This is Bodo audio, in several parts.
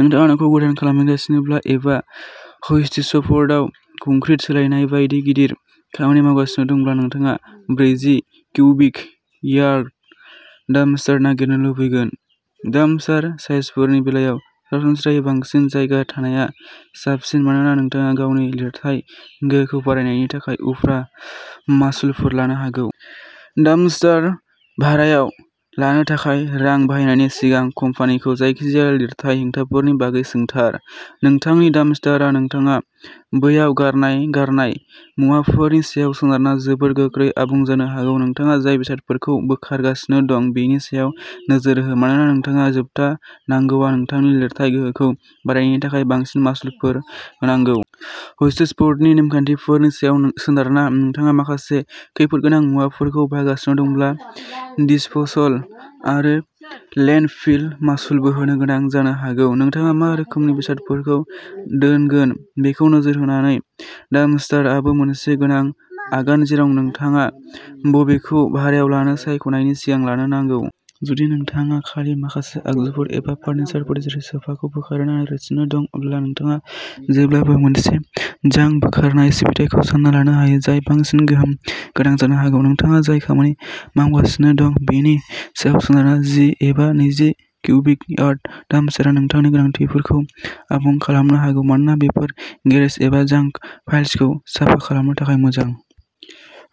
नोंथाङा न'खौ गोदान खालामगासिनोब्ला एबा हस्टिसफ'र्डआव कंक्रिट सोलायनाय बायदि गिदिर खामानि मावगासिनो दंब्ला, नोंथाङा ब्रैजि क्यूबिक यार्ड डाम्पस्टार नागिरनो लुबैगोन। डाम्पस्टार साइजफोरनि बेलायाव सरासनस्रायै बांसिन जायगा थानाया साबसिन, मानोना नोंथाङा गावनि लिरथाइ गोहोखौ बारायनायनि थाखाय उफ्रा मासुलफोर लानो हागौ। डाम्पस्टार भारायाव लानो थाखाय रां बाहायनायनि सिगां, कम्पानिखौ जायखिजाया लिरथाइ हेंथाफोरनि बागै सोंथार। नोंथांनि डाम्पस्टारआ नोंथाङा बैयाव गारनाय गारनाय मुवाफोरनि सायाव सोनारना जोबोद गोख्रै आबुं जानो हागौ। नोंथाङा जाय बेसादफोरखौ बोखारगासिनो दं, बेनि सायाव नोजोर हो, मानोना नोंथाङा जोबथा नांगौआ नोंथांनि लिरथाइ गोहोखौ बारायनायनि थाखाय बांसिन मासुलफोर होनांगौ। हस्टिसफ'र्डनि नेमखान्थिफोरनि सायाव सोनारना, नोंथाङा माखासे खैफोद गोनां मुवाफोरखौ बाहायगासिनो दंब्ला दिसप'सल आरो लेन्डफिल मासुलबो होनो गोनां जानो हागौ। नोंथाङा मा रोखोमनि बेसादफोरखौ दोनगोन बेखौ नोजोर होनानै। डाम्पस्टारआबो मोनसे गोनां आगान, जेराव नोंथाङा बबेखौ भारायाव लानो सायख'नायनि सिगां लानो नांगौ। जुदि नोंथाङा खालि माखासे आगजुफोर एबा फार्निचारफोर, जेरै सोफाखौ बोखारनो नागिरगासिनो दं, अब्ला नोंथाङा जेब्लाबो मोनसे जांक बोखारनाय सिबिथाइखौ सानना लानो हायो, जाय बांसिन गोहोम गोनां जानो हागौ। नोंथाङा जाय खामानि मावगासिनो दं, बेनि सायाव सोनारना, जि एबा नैजि क्यूबिक यार्ड डाम्पस्टारआ नोंथांनि गोनांथिफोरखौ आबुं खालामनो हागौ, मानोना बेफोर गेरेज एबा जांक पाइल्सखौ साफा खालामनो थाखाय मोजां।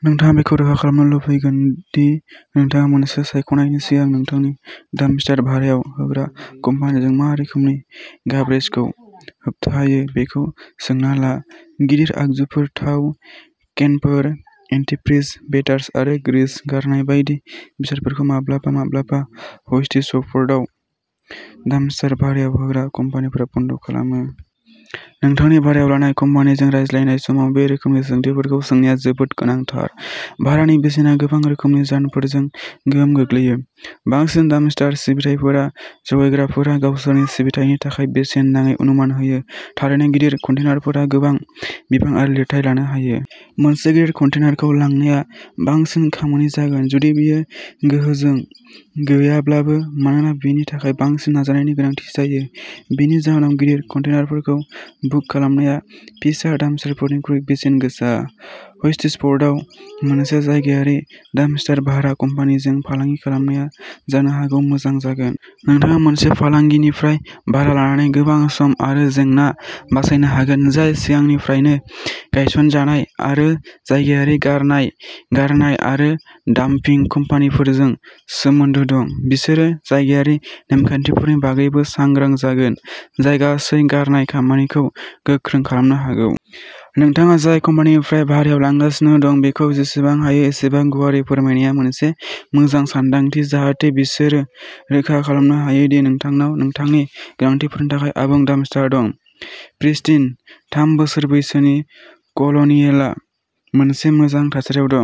नोंथाङा बेखौ रोखा खालामनो लुबैगोन दि नोंथाङा मोनसे सायख'नायनि सिगां नोंथांनि डाम्पस्टार भारायाव होग्रा कम्पानिजों मा रोखोमनि गार्बेजखौ होबथायो बेखौ सोंना ला। गिदिर आगजुफोर, थाव केनफोर, एन्टिफ्रिज बेटार्स आरो ग्रीस गारनाय बायदि बेसादफोरखौ माब्लाबा-माब्लाबा हस्टिसफर्डआव डाम्पस्टार भारायाव होग्रा कम्पानिफोरा बन्द' खालामो। नोंथांनि भारायाव लानाय कम्पानिजों रायज्लायनाय समाव बे रोखोमनि सोंथिफोरखौ सोंनाया जोबोद गोनांथार। भारानि बेसेना गोबां रोखोमनि जाहोनफोरजों गोहोम गोग्लैयो। बांसिन डाम्पस्टार सिबिथाइफोरा जगायग्राफोरा गावसोरनि सिबिथायनि थाखाय बेसेन नाङै अनुमान होयो। थारैनो, गिदिर कन्टेनारफोरा गोबां बिबां आरो लिरथाइ लांनो हायो। मोनसे गिदिर कन्टेनारखौ लांनाया बांसिन खामानि जागोन, जुदि बेयो गोहोजों गैयाब्लाबो, मानोना बेनि थाखाय बांसिन नाजानायनि गोनांथि जायो। बेनि जाहोनाव, गिदिर कन्टेनारफोरखौ बुक खालामनाया फिसा डाम्पस्टारफोरनिख्रुइ बेसेन गोसा। हस्टिसफर्डआव मोनसे जायगायारि डाम्पस्टार भारा कम्पानिजों फालांगि खालामनाया जानो हागौ मोजां जागोन। नोंथाङा मोनसे फालांगिनिफ्राय भारा लानानै गोबां सम आरो जेंना बासायनो हागोन, जाय सिगांनिफ्रायनो गायसनजानाय, आरो जायगायारि गारनाय गारनाय आरो डाम्पिं कम्पानिफोरजों सोमोन्दो दं। बिसोरो जायगायारि नेम-खान्थिफोरनि बागैबो सांग्रां जागोन, जाय गासै गारनाय खामानिखौ गोख्रों खालामनो हागौ। नोंथाङा जाय कम्पानिनिफ्राय भारायाव लांगासिनो दं, बेखौ जेसेबां हायो एसेबां गुवारै फोरमायनाया मोनसे मोजां सानदांथि, जाहाथे बिसोरो रोखा खालामनो हायो दि नोंथांनाव नोंथांनि गोनांथिफोरनि थाखाय आबुं डाम्पस्टार दं। प्रिस्टिन, थाम बोसोर बैसोनि कल'नियेलआ मोनसे मोजां थासारियाव दं।